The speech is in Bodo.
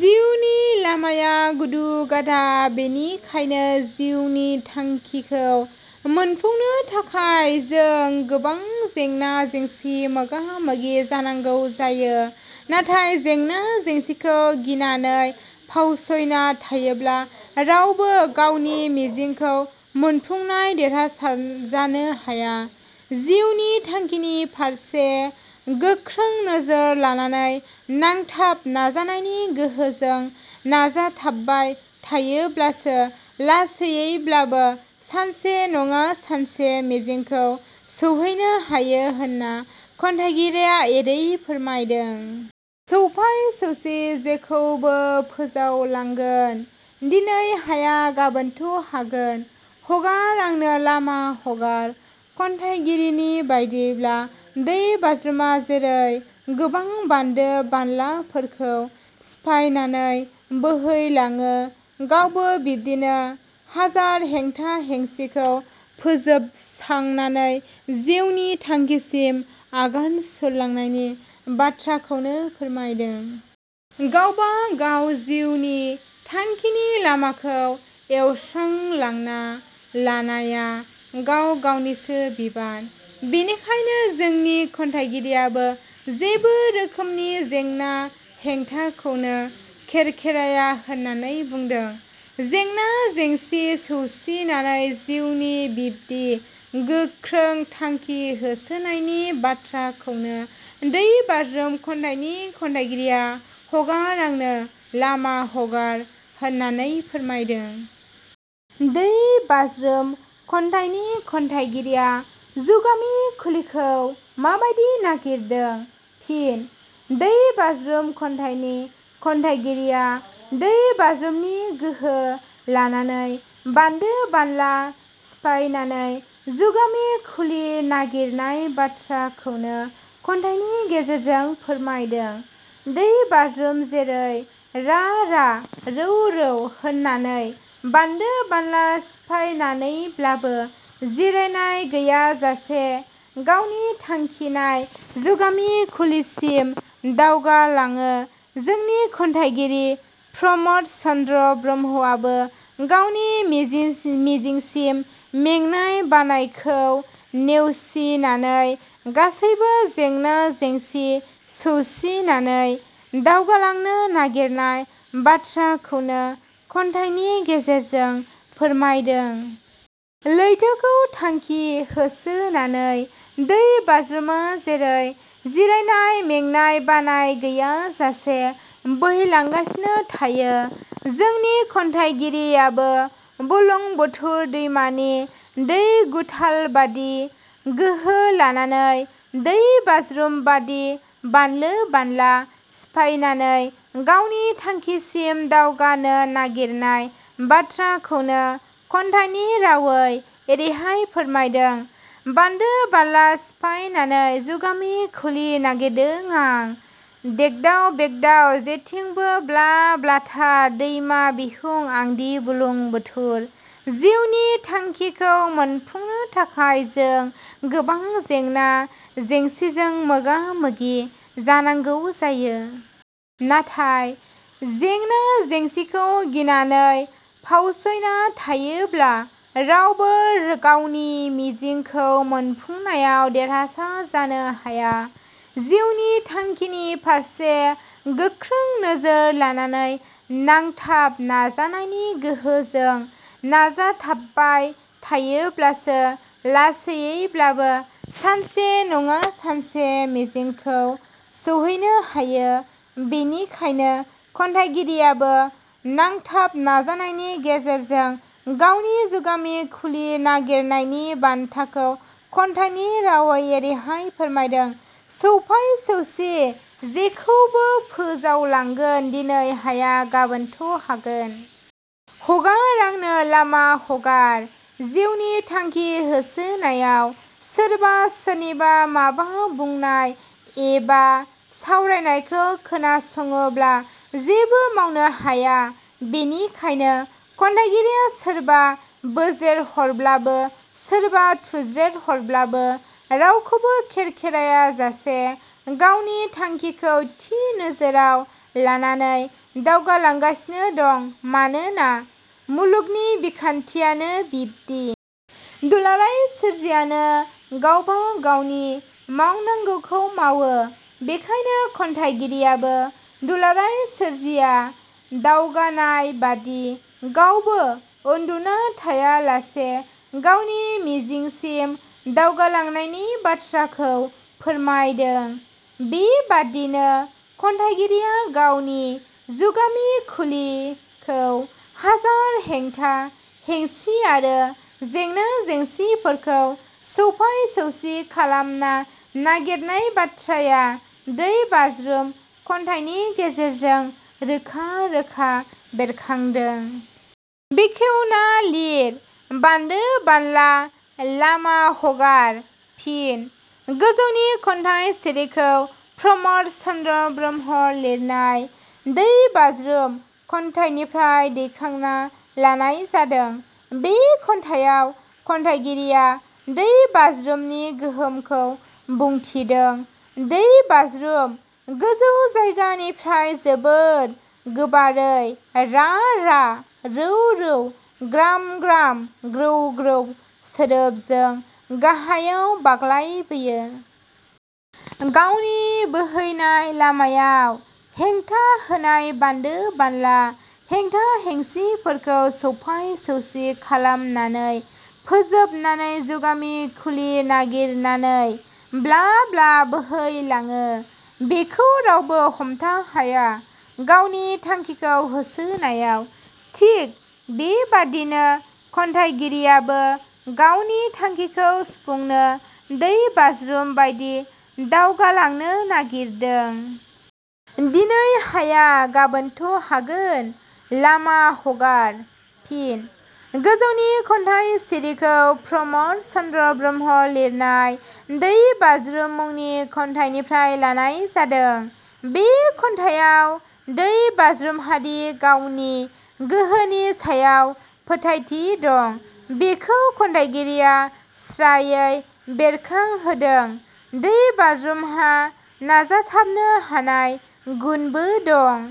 जिउनि लामाया गुदु गादा, बेखायनो जिउनि थांखिखौ मोनफुंनो थाखाय जो गोबां जेंना-जेंसिजों मोगा मोगि जानांगौ जायो नाथाय जेंना जेंसिखौ गिनाने फावसायना थायोब्ला रावबो गावनि मिजिंखौ मोनफुंनायाव देरहासार जानो हाया। जिउनि थांखिनि फारसे गोखों नोजोर लानानै नांथाब नाजानायनि गोहोजों नाजाथाबबाय थायोब्लासो लासैयैब्लाबो सानसे नङा सानसे मिजिंखौ सहैनो हायो होनना खन्थाइगिरिया एरैहाय फोरमायदों-। सौफाइ सौसि जेखौबो फोजावलांगोन, दिनै हाया गाबोनथ' हागोन? हगार आंनो लामा हगार। खन्थाइगिरिनि बादियैब्ला दै बाज्रुमा जेरै गोबां बान्दो बानलाफोरखौ सिफायनानै बोहैलाङो गावबो बिदिनो हाजार हेंथा हेंसिखौ फोजोबसांनानै जिउनि थांखिसिम आगान सुरलांनायनि बाथ्राखौनो फोरमायदों। गावबा गाव जिउनि थांखिनि लामाखौ एवस्रांना लानाया गावबा गावनिसो बिबान। बेखायनो जोंनि खन्थाइगिरियाबो जेबो रोखोमनि जेंना-हेंथाखौनो खेरखेराया होननानै बुंदों। जेंना जेंसि सौसिनानै जिउनि बिदि गोखों थांखि होसोनायनि बाथ्राखौनो 'दै बाज्रुम' खन्थाइनि खन्थाइगिरिया हगार आंनो लामा हगार होननानै फोरमायदों।. 'दै बाज्रुम' खन्थाइनि खन्थाइगिरिया जुगामि खुलिखौ माबादि नागिरदों? फिन: 'दै बाज्रुम' खन्थाइनि खन्थाइगिरिया दै बाज्रुमनि गोहो लानानै बानदो बानला सिफायनानै जुगामि खुलि नागिरनाय बाथ्राखौनो खन्थाइनि गेजेरजों फोरमायदों। दै बाज्रुम जेरै रा रा रौ रौ होननानै बानदो बानला सिफायनानैब्लाबो जिरायनाय गैयाजासे गावनि थांखिनाय जुगामि खुलिसिम दावगालाङो जोंनि खन्थाइगिरि प्रमद चन्द्र ब्रह्मआबो गावनि मिजिंसिम मेंनाय-बानायखौ सानालासे गासैबो जेंना जेंसि सौसिनानै दावगालांनो नागिरनाय बाथ्राखौनो खन्थाइनि गेजेरजों फोरमायदों। लैथोखौ थांखि होसोनानै दै बाज्रुमा जेरै जिरायनाय, मेंनाय – बानाय गैयाजासे बोहैलांगासिनो थायो जोंनि खन्थाइगिरियाबो बुरलुं बुथुर दैमानि दै गुथालबादि गोहो लानानै, दै बाज्रुम बादि बानदो बानला सिफायनाने गावनि थांखिसिम दावगानो नागिरनाय बाथ्राखौनो खन्थाइनि रावै एरैहाय फोरमायदों- बानदो-बानला सिफायनानै जुगामि खुलि नागिरदों आं; थेगदाव बेगदाव जेथिंबो ब्ला ब्लाथार, दैमा दिहुं आदि बुरलुंबुथुर- जिउनि थांखिखौ मोनफुंनो थाखाय जों गोबां जेंना-जेंसिजों मोगा मोगि जानांगौ जायो। नाथाय जेंना जेंसिखौ गिनानै फावसायना थायोब्ला रावबो गावनि मिजिंखौ मोनफुंनायाव देरहासार जानो हायो। जिउनि थांखिनि फारसे गोखों नोजोर लानानै नांथाब नाजानायनि गोहोजों नाजाथाबबाय थायोब्लासो लासैयैब्लाबो सानसे नङा सानसे मिजिंखौ सहैनो हायो। बेखायनो खन्थाइगिरियाबो नांथाब नाजानायनि गेजेरजों गावनि जुगामि खुलि नागिरनायनि बाथाखौ खन्थाइनि रावै एरैहाय फोरमायदों- सौफाइ सौसि जेखौबो फोजावलांगोन, दिनै हाया गाबोनथ' हागोन? हगार आंनो लामा हगार। जिउनि थांखि होसोनायाव सोरबा सोरनिबा माबा बुंनाय एवा सावरायनायखौ खोनासङोब्ला जेबो मावनो हाया, बेखायनो खन्थाइगिरिया सोरबा बोज्रेदहरब्लाबो सोरबा थुज्रेदहरब्लाबो रावखौबो खेरखेरायाजासे गावनि थांखिखौ थि नोजोराव लानानै दावगालांगासिनो दं। मानोना मुलुगनि बिखान्थियानो बिदि। दुलाराय सोरजियानो गावबा गावनि मावनांगौखौ मावो। बेखायनो खन्थाइगिरियाबो दुलाराय सोरजिया दावगानाय बादि गावबो उन्दुना थायालासे गावनि मिजिंसिम दावगालांनायनि बाथ्राखौ फोरमायदों। बेबादिनो खन्थाइगिरिया गावनि जुगामि खुलिखौ हाजार हेंथा हेंसि आरो जेंना-जेंसिफोरखौ सौफाय सौसि खालामना नागिरनाय बाथ्राया दै बाज्रुम खन्थाइनि गेजेरजों रोखा रोखा बेरखांदों। बेखेवना लिर बान्दो बानला……. लामा हगार। फिनः गोजौनि खन्थाइ सिरिखौ प्रमद चन्द्र ब्रह्मआ लिरनाय 'दै बाज्रुम' खन्थाइनिफ्राय दैखांना लानाय जादों। बे खन्याइयाव खन्याइगिरिया दै बाज्रुमनि गोहोखौ बुंथिदों। दै बाज्रुम गोजौ जायगानिफ्राय जोबोद गोबारै रा रा रौ रौ ग्राम ग्राम ग्रौ ग्रौ सोदोबजों गाहायाव बाग्लायबोयो। गावनि बोहैनाय लामायाव हेंथा होनाय बान्दो-बाला हेंथा-हेंसिफोरखौ सौफाय-सौसि खालामनाने फोजोबनानै जुगामि खुलि नागिरनानै ब्ला ब्ला बोहै लाङो। बेखौ रावबो हमथाहाया गावनि थांखिखौ होसोनायाव। थिग बेबादिनो खन्थाइगिरियाबो गावनि थांखिखौ सुफुंनो दै बाज्रुम बायदि दावगालांनो नागिरदों। दिनै हाया गाबोनथ' हागोन…….. लामा हगार। फिनः गोजौनि खन्थाइ सिरिखौ प्रमद चन्द्र ब्रह्म लिनाय "दै बाज्रुम' मुनि खन्थाइनिफ्राय लानाय जादों। बे खन्थाइयाव दै बाज्रुमहादि गावनि गोहोनि सायाव फोथायथि दं बेखौ खन्थाइगिरिया स्रायै बेरखांहोदों। दै बाज्रुमहा नाजाथाबनो हानाय गुनबो दं।